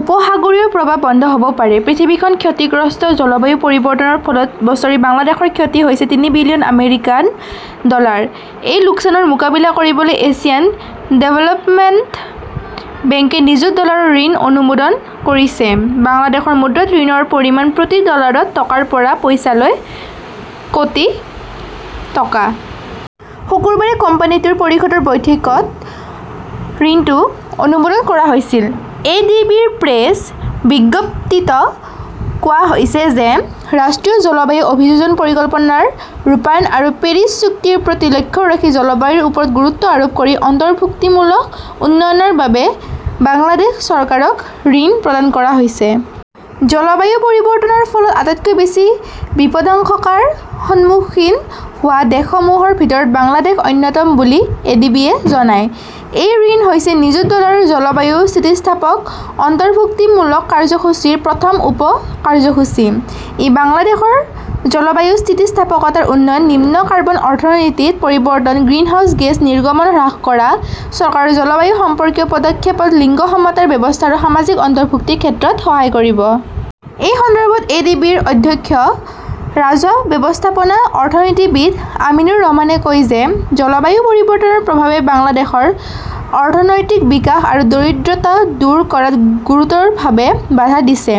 উপসাগৰীয় প্ৰবাহ বন্ধ হ'ব পাৰে, পৃথিৱীখন ক্ষতিগ্ৰস্ত জলবায়ু পৰিৱৰ্তনৰ ফলত বছৰি বাংলাদেশৰ ক্ষতি হৈছে তিনি বিলিয়ন আমেৰিকান ডলাৰ। এই লোকচানৰ মোকাবিলা কৰিবলৈ এছিয়ান ডেভেলপমেণ্ট বেংকে নিযুত ডলাৰৰ ঋণ অনুমোদন কৰিছে। বাংলাদেশৰ মুদ্ৰাত ঋণৰ পৰিমাণ প্ৰতি ডলাৰত টকাৰ পৰা পইচালৈ কোটি টকা। শুকুৰবাৰে কোম্পানীটোৰ পৰিষদৰ বৈঠিকত ঋণটো অনুমোদন কৰা হৈছিল। এ. ডি. বি. -ৰ প্ৰেছ বিজ্ঞপ্তিত কোৱা হৈছে যে ৰাষ্ট্ৰীয় জলবায়ু অভিযোজন পৰিকল্পনা ৰ ৰূপায়ণ আৰু পেৰিছ চুক্তিৰ প্ৰতি লক্ষ্য ৰাখি জলবায়ুৰ ওপৰত গুৰুত্ব আৰোপ কৰি অন্তৰ্ভুক্তিমূলক উন্নয়নৰ বাবে বাংলাদেশ চৰকাৰক ঋণ প্ৰদান কৰা হৈছে। জলবায়ু পৰিৱৰ্তনৰ ফলত আটাইতকৈ বেছি বিপদাশংকাৰ সন্মুখীন হোৱা দেশসমূহৰ ভিতৰত বাংলাদেশ অন্যতম বুলি এডিবি-য়ে জনায়। এই ঋণ হৈছে নিযুত ডলাৰৰ জলবায়ু-স্থিতিস্থাপক অন্তৰ্ভুক্তিমূলক কাৰ্যসূচীৰ প্ৰথম উপ-কাৰ্যসূচী। ই বাংলাদেশৰ জলবায়ু স্থিতিস্থাপকতাৰ উন্নয়ন, নিম্ন কাৰ্বন অৰ্থনীতিত পৰিৱৰ্তন, গ্ৰিনহাউজ গেছ নিৰ্গমন হ্ৰাস কৰা, চৰকাৰৰ জলবায়ু সম্পৰ্কীয় পদক্ষেপত লিংগ-সমতাৰ ব্যৱস্থা আৰু সামাজিক অন্তৰ্ভুক্তিৰ ক্ষেত্ৰত সহায় কৰিব। এই সন্দৰ্ভত এ. ডি. বি. -ৰ অধ্যক্ষীয় ৰাজহুৱা ব্যৱস্থাপনা অৰ্থনীতিবিদ আমিনুৰ ৰহমানে কয় যে জলবায়ু পৰিৱৰ্তনৰ প্ৰভাৱে বাংলাদেশৰ অৰ্থনৈতিক বিকাশ আৰু দৰিদ্ৰতা দূৰ কৰাত গুৰুতৰভাৱে বাধা দিছে।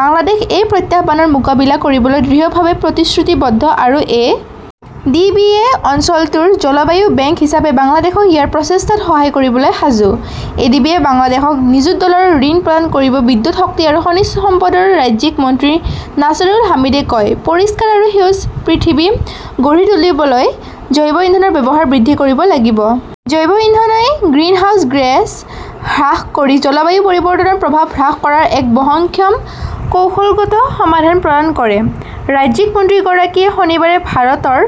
বাংলাদেশ এই প্ৰত্যাহ্বানৰ মোকাবিলা কৰিবলৈ দৃঢ়ভাৱে প্ৰতিশ্ৰুতিবদ্ধ আৰু এ. ডি. বি. -য়ে অঞ্চলটোৰ জলবায়ু বেংক হিচাপে বাংলাদেশক ইয়াৰ প্ৰচেষ্টাত সহায় কৰিবলৈ সাজু। এডিবিয়ে বাংলাদেশক নিযুত ডলাৰৰ ঋণ প্ৰদান কৰিব বিদ্যুৎ শক্তি আৰু খনিজ সম্পদৰ ৰাজ্যিক মন্ত্ৰী নাছৰুল হামিদে কয়, পৰিষ্কাৰ আৰু সেউজ পৃথিৱী গঢ়ি তুলিবলৈ জৈৱ ইন্ধনৰ ব্যৱহাৰ বৃদ্ধি কৰিব লাগিব। জৈৱ ইন্ধনই গ্ৰিনহাউজ গেছ হ্ৰাস কৰি জলবায়ু পৰিৱৰ্তনৰ প্ৰভাৱ হ্ৰাস কৰাৰ এক বহনক্ষম কৌশলগত সমাধান প্ৰদান কৰে। ৰাজ্যিক মন্ত্ৰীগৰাকীয়ে শনিবাৰে ভাৰতৰ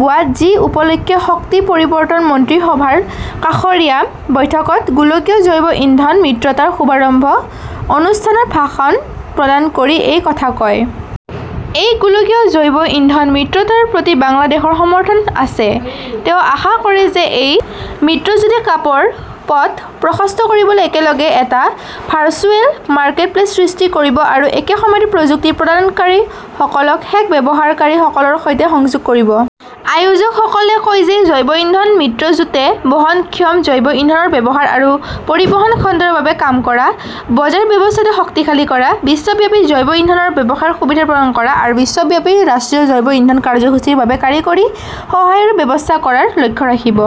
গোৱাত জি- উপলক্ষে 'শক্তি পৰিৱৰ্তন মন্ত্ৰী সভা ৰ কাষৰীয়া বৈঠকত' গোলকীয় জৈৱ ইন্ধন মিত্ৰতাৰ শুভাৰম্ভ অনুষ্ঠানত ভাষণ প্ৰদান কৰি এই কথা কয়। এই গোলকীয় জৈৱ ইন্ধন মিত্ৰতাৰ প্ৰতি বাংলাদেশৰ সমৰ্থন আছে। তেওঁ আশা কৰে যে এই মিত্ৰজোঁটে কামৰ পথ প্ৰশস্ত কৰিবলৈ একেলগে এটা ভাৰ্চুৱেল মাৰ্কেটপ্লেচ সৃষ্টি কৰিব আৰু একে সময়তে প্ৰযুক্তি প্ৰদানকাৰীসকলক শেষ ব্যৱহাৰকাৰীসকলৰ সৈতে সংযোগ কৰিব। আয়োজকসকলে কয় যে জৈৱ ইন্ধন মিত্ৰজোঁটে বহনক্ষম জৈৱ ইন্ধনৰ ব্যৱহাৰ আৰু পৰিবহণ খণ্ডৰ বাবে কাম কৰা, বজাৰ ব্যৱস্থাটোক শক্তিশালী কৰা, বিশ্বব্যাপী জৈৱ ইন্ধনৰ ব্যৱসায়ৰ সুবিধা প্ৰদান কৰা আৰু বিশ্বব্যাপী ৰাষ্ট্ৰীয় জৈৱ ইন্ধন কাৰ্যসূচীৰ বাবে কাৰিকৰী সহায়ৰ ব্যৱস্থা কৰাৰ লক্ষ্য ৰাখিব।